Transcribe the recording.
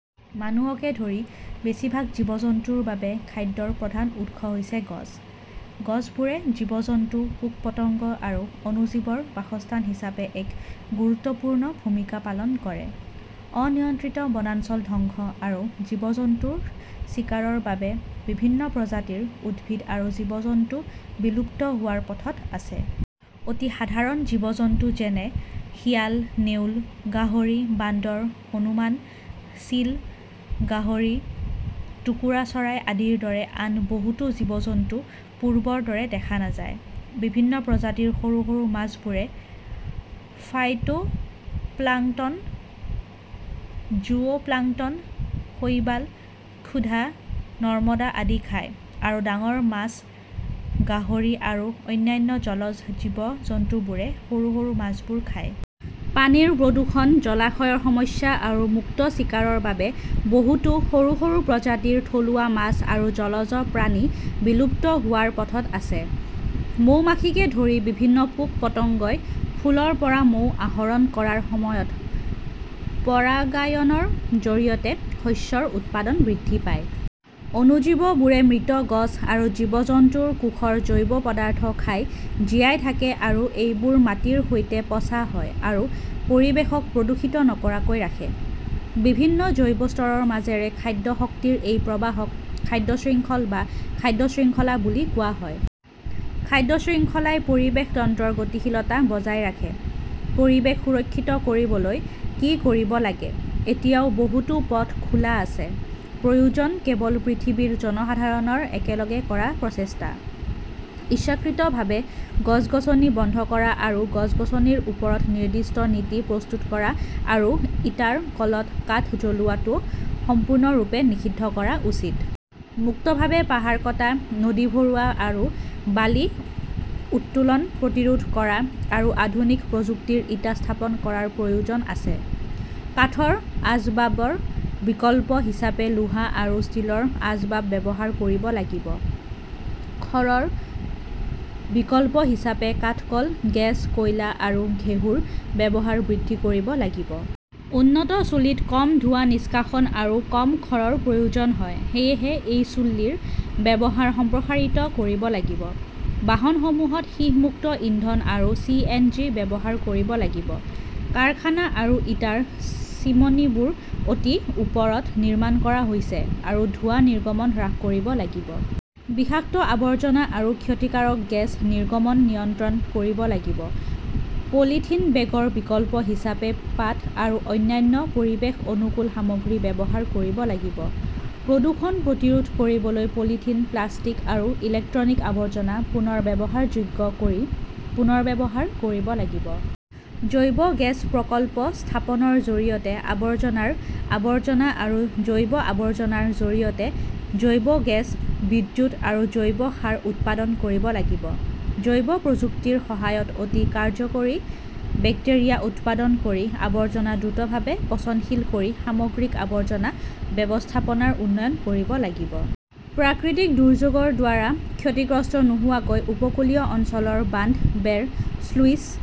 মানুহকে ধৰি বেছিভাগ জীৱ-জন্তুৰ বাবে খাদ্যৰ প্ৰধান উৎস হৈছে গছ। গছবোৰে জীৱ-জন্তু, পোক-পতংগ আৰু অণুজীৱৰ বাসস্থান হিচাপে এক গুৰুত্বপূৰ্ণ ভূমিকা পালন কৰে। অনিয়ন্ত্ৰিত বনাঞ্চল ধ্বংস আৰু জীৱ-জন্তুৰ চিকাৰৰ বাবে বিভিন্ন প্ৰজাতিৰ উদ্ভিদ আৰু জীৱ-জন্তু বিলুপ্ত হোৱাৰ পথত আছে। অতি সাধাৰণ জীৱ-জন্তু, যেনে শিয়াল, ,নেউল, গাহৰি, বান্দৰ, হনুমান, চিল, গাহৰি, টোকোৰা চৰাই আদিৰ দৰে আন বহুতো জীৱ-জন্তু পূৰ্বৰ দৰে দেখা নাযায়। বিভিন্ন প্ৰজাতিৰ সৰু সৰু মাছবোৰে ফাইটোপ্লাংকটন, জুওপ্লাংকটন, শৈবাল, ক্ষুধা, নৰ্দমা আদি খায়, আৰু ডাঙৰ মাছ, গাহৰি আৰু অন্যান্য জলজ জীৱ-জন্তুবোৰে সৰু সৰু মাছবোৰ খায়। পানীৰ প্ৰদূষণ, জলাশয়ৰ সমস্যা আৰু মুক্ত চিকাৰৰ বাবে বহুতো সৰু সৰু প্ৰজাতিৰ থলুৱা মাছ আৰু জলজ প্ৰাণী বিলুপ্ত হোৱাৰ পথত আছে। মৌমাখিকে ধৰি বিভিন্ন পোক-পতংগই ফুলৰ পৰা মৌ আহৰণ কৰাৰ সময়ত পৰাগায়নৰ জৰিয়তে শস্যৰ উৎপাদন বৃদ্ধি পায়। অণুজীৱবোৰে মৃত গছ আৰু জীৱ-জন্তুৰ কোষৰ জৈৱ পদাৰ্থ খাই জীয়াই থাকে আৰু এইবোৰ মাটিৰ সৈতে পচা হয় আৰু পৰিৱেশক প্ৰদূষিত নকৰাকৈ ৰাখে। বিভিন্ন জৈৱ স্তৰৰ মাজেৰে খাদ্য শক্তিৰ এই প্ৰবাহক খাদ্য শৃংখল বা খাদ্য শৃংখলা বুলি কোৱা হয়। খাদ্য শৃংখলাই পৰিৱেশ তন্ত্ৰৰ গতিশীলতা বজাই ৰাখে। পৰিৱেশ সুৰক্ষিত কৰিবলৈ কি কৰিব লাগে? এতিয়াও বহুতো পথ খোলা আছে। প্ৰয়োজন কেৱল পৃথিৱীৰ জনসাধাৰণৰ একেলগে কৰা প্ৰচেষ্টা। ইচ্ছাকৃতভাৱে গছ-গছনি বন্ধ কৰা আৰু গছ-গছনিৰ ওপৰত নিৰ্দিষ্ট নীতি প্ৰস্তুত কৰা আৰু ইটাৰ কলত কাঠ জ্বলোৱাটো সম্পূৰ্ণৰূপে নিষিদ্ধ কৰা উচিত। মুক্তভাৱে পাহাৰ কটা, নদী ভৰোৱা আৰু বালি উত্তোলন প্ৰতিৰোধ কৰা আৰু আধুনিক প্ৰযুক্তিৰ ইটা স্থাপন কৰাৰ প্ৰয়োজন আছে। কাঠৰ আচবাবৰ বিকল্প হিচাপে লোহা আৰু ষ্টীলৰ আচবাব ব্যৱহাৰ কৰিব লাগিব। খড়ৰ বিকল্প হিচাপে কাঠক'ল, গেছ, কয়লা আৰু ঘেঁহুৰ ব্যৱহাৰ বৃদ্ধি কৰিব লাগিব। উন্নত চুলিত কম ধোঁৱা নিষ্কাশন আৰু কম খড়ৰ প্ৰয়োজন হয়। সেয়েহে এই চুল্লীৰ ব্যৱহাৰ সম্প্ৰসাৰিত কৰিব লাগিব। বাহনসমূহত সীহ-মুক্ত ইন্ধন আৰু চি. এন. জি. ব্যৱহাৰ কৰিব লাগিব। কাৰখানা আৰু ইটাৰ চিমনীবোৰ অতি ওপৰত নিৰ্মাণ কৰা হৈছে আৰু ধোঁৱা নিৰ্গমন হ্ৰাস কৰিব লাগিব। বিষাক্ত আৱৰ্জনা আৰু ক্ষতিকাৰক গেছ নিৰ্গমন নিয়ন্ত্ৰণ কৰিব লাগিব। পলিথিন বেগৰ বিকল্প হিচাপে পাট আৰু অন্যান্য পৰিৱেশ অনুকূল সামগ্ৰী ব্যৱহাৰ কৰিব লাগিব। প্ৰদূষণ প্ৰতিৰোধ কৰিবলৈ পলিথিন, প্লাষ্টিক আৰু ইলেক্ট্ৰনিক আৱৰ্জনা পুনৰ ব্যৱহাৰযোগ্য কৰি পুনৰ্ব্যৱহাৰ কৰিব লাগিব। জৈৱ গেছ প্ৰকল্প স্থাপনৰ জৰিয়তে আৱৰ্জনাৰ আৱৰ্জনা আৰু জৈৱ আৱৰ্জনাৰ জৰিয়তে জৈৱ গেছ, বিদ্যুৎ আৰু জৈৱ সাৰ উৎপাদন কৰিব লাগিব। জৈৱ প্ৰযুক্তিৰ সহায়ত অতি কাৰ্য্যকৰী বেক্টেৰিয়া উৎপাদন কৰি আৱৰ্জনা দ্ৰুতভাৱে পচনশীল কৰি সামগ্ৰিক আৱৰ্জনা ব্যৱস্থাপনাৰ উন্নয়ন কৰিব লাগিব। প্ৰাকৃতিক দুৰ্যোগৰ দ্বাৰা ক্ষতিগ্ৰস্ত নোহোৱাকৈ উপকূলীয় অঞ্চলৰ বান্ধ, বেৰ, শ্লুইচ